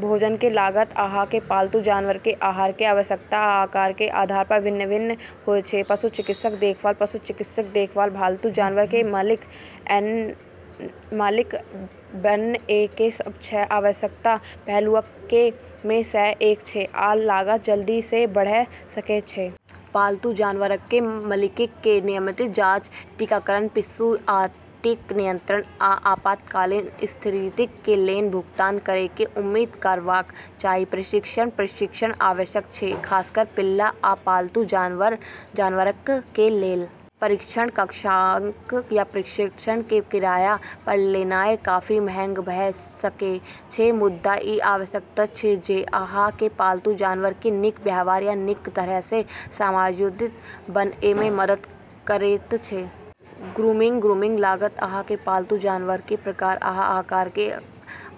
भोजन कें लागत अहां कें पालतू जानवर कें आहार कें आवश्यकता आ आकार कें आधार पर भिन्न-भिन्न होयत छै. पशु चिकित्सा देखभाल: पशु चिकित्सा देखभाल पालतू जानवर कें मालिक बनएय कें सब सं आवश्यक पहलुअक मे सं एक छै, आ लागत जल्दी सं बढ़ सकएय छै. पालतू जानवरक कें मालिकक कें नियमित जांच, टीकाकरण, पिस्सू आ टिक नियंत्रण, आ आपातकालीन स्थितियक कें लेल भुगतान करय कें उम्मीद करबाक चाही. प्रशिक्षण: प्रशिक्षण आवश्यक छै, खासकर पिल्ला आ पालतू जानवरक कें लेल. प्रशिक्षण कक्षाक या प्रशिक्षक कें किराया पर लेनाय काफी महग भ सकएय छै मुदा इ आवश्यक छै, जे अहां कें पालतू जानवर कें नीक व्यवहार आ नीक तरह सं समायोजित बनएय मे मदद करएयत छै. ग्रूमिंग: ग्रूमिंग लागत अहां कें पालतू जानवर कें प्रकार आ आकार कें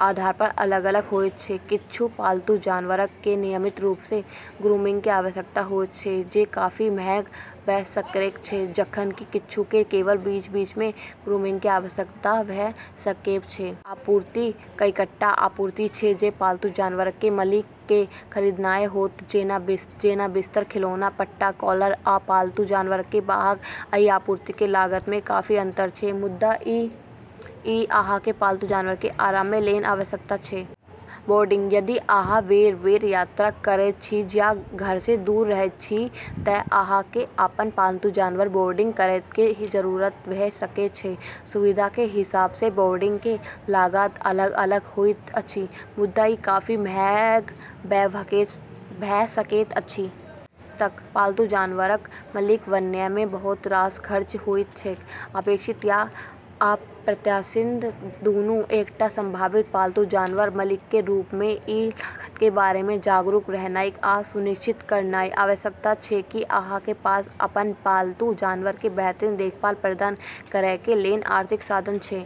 आधार पर अलग-अलग होयत छै. किच्छू पालतू जानवरक कें नियमित रूप सं ग्रूमिंग कें आवश्यकता होयत छै, जे काफी महग भ सकएय छै, जखन कि किच्छू कें केवल बीच-बीच मे ग्रूमिंग कें आवश्यकता भ सकएय छै. आपूर्ति: कईटा आपूर्ति छै जे पालतू जानवरक कें मालिकक कें खरीदनाय होयत, जेना बिस्तर, खिलौना, पट्टा, कॉलर, आ पालतू जानवरक कें वाहक. अइ आपूर्ति कें लागत मे काफी अंतर छै, मुदा इ अहां कें पालतू जानवर कें आराम कें लेल आवश्यक छै. बोर्डिंग: यदि अहां बेर-बेर यात्रा करय छी या घर सं दूर रहय छी त अहां कें अपन पालतू जानवर कें बोर्डिंग करय कें जरूरत भ सकय छै. सुविधा के हिसाब सं बोर्डिंग के लागत अलग-अलग होइत अछि, मुदा ई काफी महग भ सकैत अछि. निष्कर्षतः पालतू जानवरक मालिक बनय मे बहुत रास खर्च होइत छैक, अपेक्षित आ अप्रत्याशित दुनू. एकटा संभावित पालतू जानवर मालिक कें रूप मे, इ लागत कें बारे मे जागरूक रहनाय आ इ सुनिश्चित करनाय आवश्यक छै की अहां कें पास अपन पालतू जानवर कें बेहतरीन देखभाल प्रदान करय कें लेल आर्थिक साधन छै.